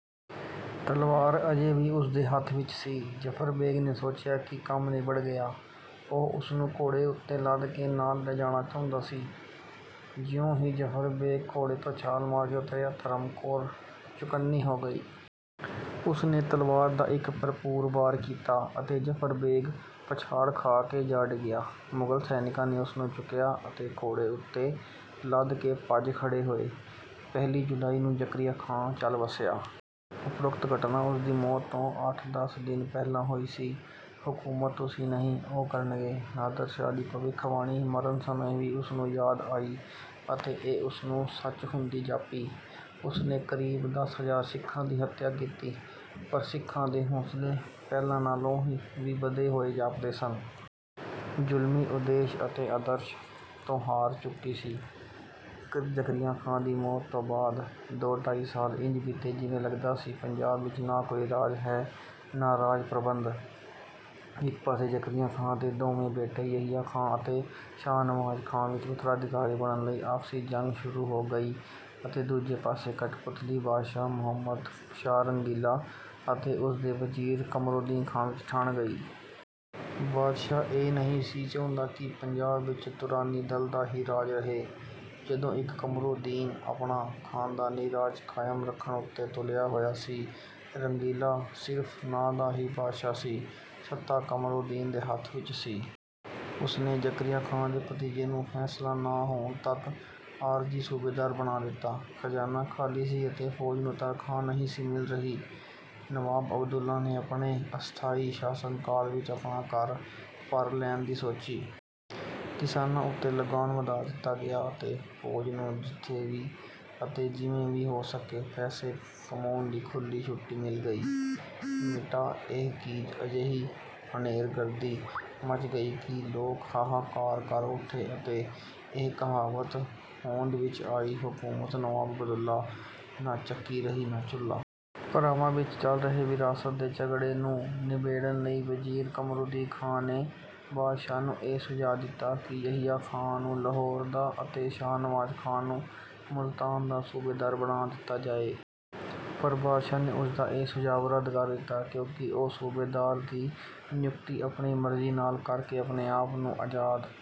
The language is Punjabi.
ਤਲਵਾਰ ਅਜੇ ਵੀ ਉਸਦੇ ਹੱਥ ਵਿੱਚ ਸੀ। ਜ਼ਫ਼ਰ ਬੇਗ਼ ਨੇ ਸੋਚਿਆ ਕਿ ਕੰਮ ਨਿਬੜ ਗਿਆ। ਉਹ ਉਸਨੂੰ ਘੋੜੇ ਉੱਤੇ ਲੱਦ ਕੇ ਨਾਲ ਲੈ ਜਾਣਾ ਚਾਹੁੰਦਾ ਸੀ। ਜਿਉਂ ਹੀ ਜ਼ਫ਼ਰ ਬੇਗ਼ ਘੋੜੇ ਤੋਂ ਛਾਲ ਮਾਰ ਕੇ ਉਤਰਿਆ, ਧਰਮ ਕੌਰ ਚੁਕੰਨੀ ਹੋ ਗਈ। ਉਸਨੇ ਤਲਵਾਰ ਦਾ ਇੱਕ ਭਰਪੂਰ ਵਾਰ ਕੀਤਾ ਅਤੇ ਜ਼ਫ਼ਰ ਬੇਗ਼ ਪਛਾੜ ਖਾ ਕੇ ਜਾ ਡਿੱਗਿਆ। ਮੁਗਲ ਸੈਨਿਕਾਂ ਨੇ ਉਸਨੂੰ ਚੁੱਕਿਆ ਅਤੇ ਘੋੜੇ ਉੱਤੇ ਲੱਦ ਕੇ ਭੱਜ ਖੜ੍ਹੇ ਹੋਏ। ਪਹਿਲੀ ਜੁਲਾਈ ਨੂੰ ਜ਼ਕਰੀਆ ਖਾਂ ਚੱਲ ਵੱਸਿਆ। ਉਪਰੋਕਤ ਘਟਨਾ ਉਸਦੀ ਮੌਤ ਤੋਂ ਅੱਠ-ਦਸ ਦਿਨ ਪਹਿਲਾਂ ਹੋਈ ਸੀ। "ਹਕੂਮਤ ਤੁਸੀਂ ਨਹੀਂ, ਉਹ ਕਰਨਗੇ।" ਨਾਦਰ ਸ਼ਾਹ ਦੀ ਭਵਿੱਖਬਾਣੀ ਮਰਨ ਸਮੇਂ ਵੀ ਉਸਨੂੰ ਯਾਦ ਆਈ ਅਤੇ ਇਹ ਉਸਨੂੰ ਸੱਚ ਹੁੰਦੀ ਜਾਪੀ। ਉਸਨੇ ਕਰੀਬ ਦਸ ਹਜ਼ਾਰ ਸਿੱਖਾਂ ਦੀ ਹੱਤਿਆ ਕੀਤੀ, ਪਰ ਸਿੱਖਾਂ ਦੇ ਹੌਂਸਲੇ ਪਹਿਲਾਂ ਨਾਲੋਂ ਵੀ ਵਧੇ ਹੋਏ ਜਾਪਦੇ ਸਨ। ਜੁਲਮੀ ਉਦੇਸ਼ ਅਤੇ ਆਦਰਸ਼ ਤੋਂ ਹਾਰ ਚੁੱਕੀ ਸੀ। ਜ਼ਕਰੀਆ ਖਾਂ ਦੀ ਮੌਤ ਤੋਂ ਬਾਅਦ ਦੋ-ਢਾਈ ਸਾਲ ਇੰਜ ਬੀਤੇ ਜਿਵੇਂ ਲੱਗਦਾ ਸੀ ਪੰਜਾਬ ਵਿੱਚ ਨਾ ਕੋਈ ਰਾਜ ਹੈ ਨਾ ਰਾਜ-ਪ੍ਰਬੰਧ। ਇੱਕ ਪਾਸੇ ਜ਼ਕਰੀਆ ਖਾਂ ਦੇ ਦੋਵੇਂ ਬੇਟੇ ਯਹੀਆ ਖਾਂ ਅਤੇ ਸ਼ਾਹ ਨਵਾਜ਼ ਖਾਂ ਵਿੱਚ ਉੱਤਰਾਧਿਕਾਰੀ ਬਣਨ ਲਈ ਆਪਸੀ ਜੰਗ ਸ਼ੁਰੂ ਹੋ ਗਈ ਅਤੇ ਦੂਜੇ ਪਾਸੇ ਕਠਪੁਤਲੀ ਬਾਦਸ਼ਾਹ ਮੁਹੰਮਦ ਸ਼ਾਹ ਰੰਗੀਲਾ ਅਤੇ ਉਸਦੇ ਵਜ਼ੀਰ ਕਮਰੂਦੀਨ ਖਾਂ ਵਿੱਚ ਠਾਣ ਗਈ। ਬਾਦਸ਼ਾਹ ਇਹ ਨਹੀਂ ਸੀ ਚਾਹੁੰਦਾ ਕਿ ਪੰਜਾਬ ਵਿੱਚ ਤੁਰਾਨੀ-ਦਲ ਦਾ ਹੀ ਰਾਜ ਰਹੇ, ਜਦੋਂ ਇਕ ਕਮਰੂਦੀਨ ਆਪਣਾ ਖਾਨਦਾਨੀ ਰਾਜ ਕਾਇਮ ਰੱਖਣ ਉੱਤੇ ਤੁਲਿਆ ਹੋਇਆ ਸੀ। ਰੰਗੀਲਾ ਸਿਰਫ਼ ਨਾਂ ਦਾ ਹੀ ਬਾਦਸ਼ਾਹ ਸੀ। ਸੱਤਾ ਕਮਰੂਦੀਨ ਦੇ ਹੱਥ ਵਿੱਚ ਸੀ। ਉਸਨੇ ਜ਼ਕਰੀਆ ਖਾਂ ਦੇ ਭਤੀਜੇ ਨੂੰ ਫੈਸਲਾ ਨਾ ਹੋਣ ਤੱਕ ਆਰਜ਼ੀ ਸੂਬੇਦਾਰ ਬਣਾ ਦਿੱਤਾ। ਖਜ਼ਾਨਾ ਖਾਲੀ ਸੀ ਅਤੇ ਫੌਜ ਨੂੰ ਤਨਖਾਹ ਨਹੀਂ ਸੀ ਮਿਲ ਰਹੀ। ਨਵਾਬ ਅਬਦੁੱਲਾ ਨੇ ਆਪਣੇ ਅਸਥਾਈ ਸ਼ਾਸਨ ਕਾਲ ਵਿੱਚ ਆਪਣਾ ਘਰ ਭਰ ਲੈਣ ਦੀ ਸੋਚੀ। ਕਿਸਾਨਾਂ ਉੱਤੇ ਲਗਾਨ ਵਧਾ ਦਿੱਤਾ ਗਿਆ ਅਤੇ ਫੌਜ ਨੂੰ ਜਿੱਥੋਂ ਵੀ ਅਤੇ ਜਿਵੇਂ ਵੀ ਹੋ ਸਕੇ ਪੈਸੇ ਕਮਾਉਣ ਦੀ ਖੁੱਲ੍ਹੀ ਛੁੱਟੀ ਮਿਲ ਗਈ। ਸਿੱਟਾ ਇਹ ਕਿ ਅਜਿਹੀ ਹਨੇਰਗਰਦੀ ਮੱਚ ਗਈ ਕਿ ਲੋਕ ਹਾਹਾਕਾਰ ਕਰ ਉੱਠੇ ਅਤੇ ਇਹ ਕਹਾਵਤ ਹੋਂਦ ਵਿੱਚ ਆਈ, "ਹਕੂਮਤ ਨਵਾਬ ਅਬਦੁੱਲਾ, ਨਾ ਚੱਕੀ ਰਹੀ ਨਾ ਚੁੱਲ੍ਹਾ।" ਭਰਾਵਾਂ ਵਿੱਚ ਚੱਲ ਰਹੇ ਵਿਰਾਸਤ ਦੇ ਝਗੜੇ ਨੂੰ ਨਿਬੇੜਨ ਲਈ ਵਜ਼ੀਰ ਕਮਰੂਦੀਨ ਖਾਂ ਨੇ ਬਾਦਸ਼ਾਹ ਨੂੰ ਇਹ ਸੁਝਾਅ ਦਿੱਤਾ ਕਿ ਯਹੀਆ ਖਾਂ ਨੂੰ ਲਾਹੌਰ ਦਾ ਅਤੇ ਸ਼ਾਹ ਨਵਾਜ਼ ਖਾਂ ਨੂੰ ਮੁਲਤਾਨ ਦਾ ਸੂਬੇਦਾਰ ਬਣਾ ਦਿੱਤਾ ਜਾਏ। ਪਰ ਬਾਦਸ਼ਾਹ ਨੇ ਉਸਦਾ ਇਹ ਸੁਝਾਅ ਰੱਦ ਕਰ ਦਿੱਤਾ, ਕਿਉਂਕਿ ਉਹ ਸੂਬੇਦਾਰ ਦੀ ਨਿਯੁਕਤੀ ਆਪਣੀ ਮਰਜ਼ੀ ਨਾਲ ਕਰਕੇ ਆਪਣੇ ਆਪ ਨੂੰ ਆਜ਼ਾਦ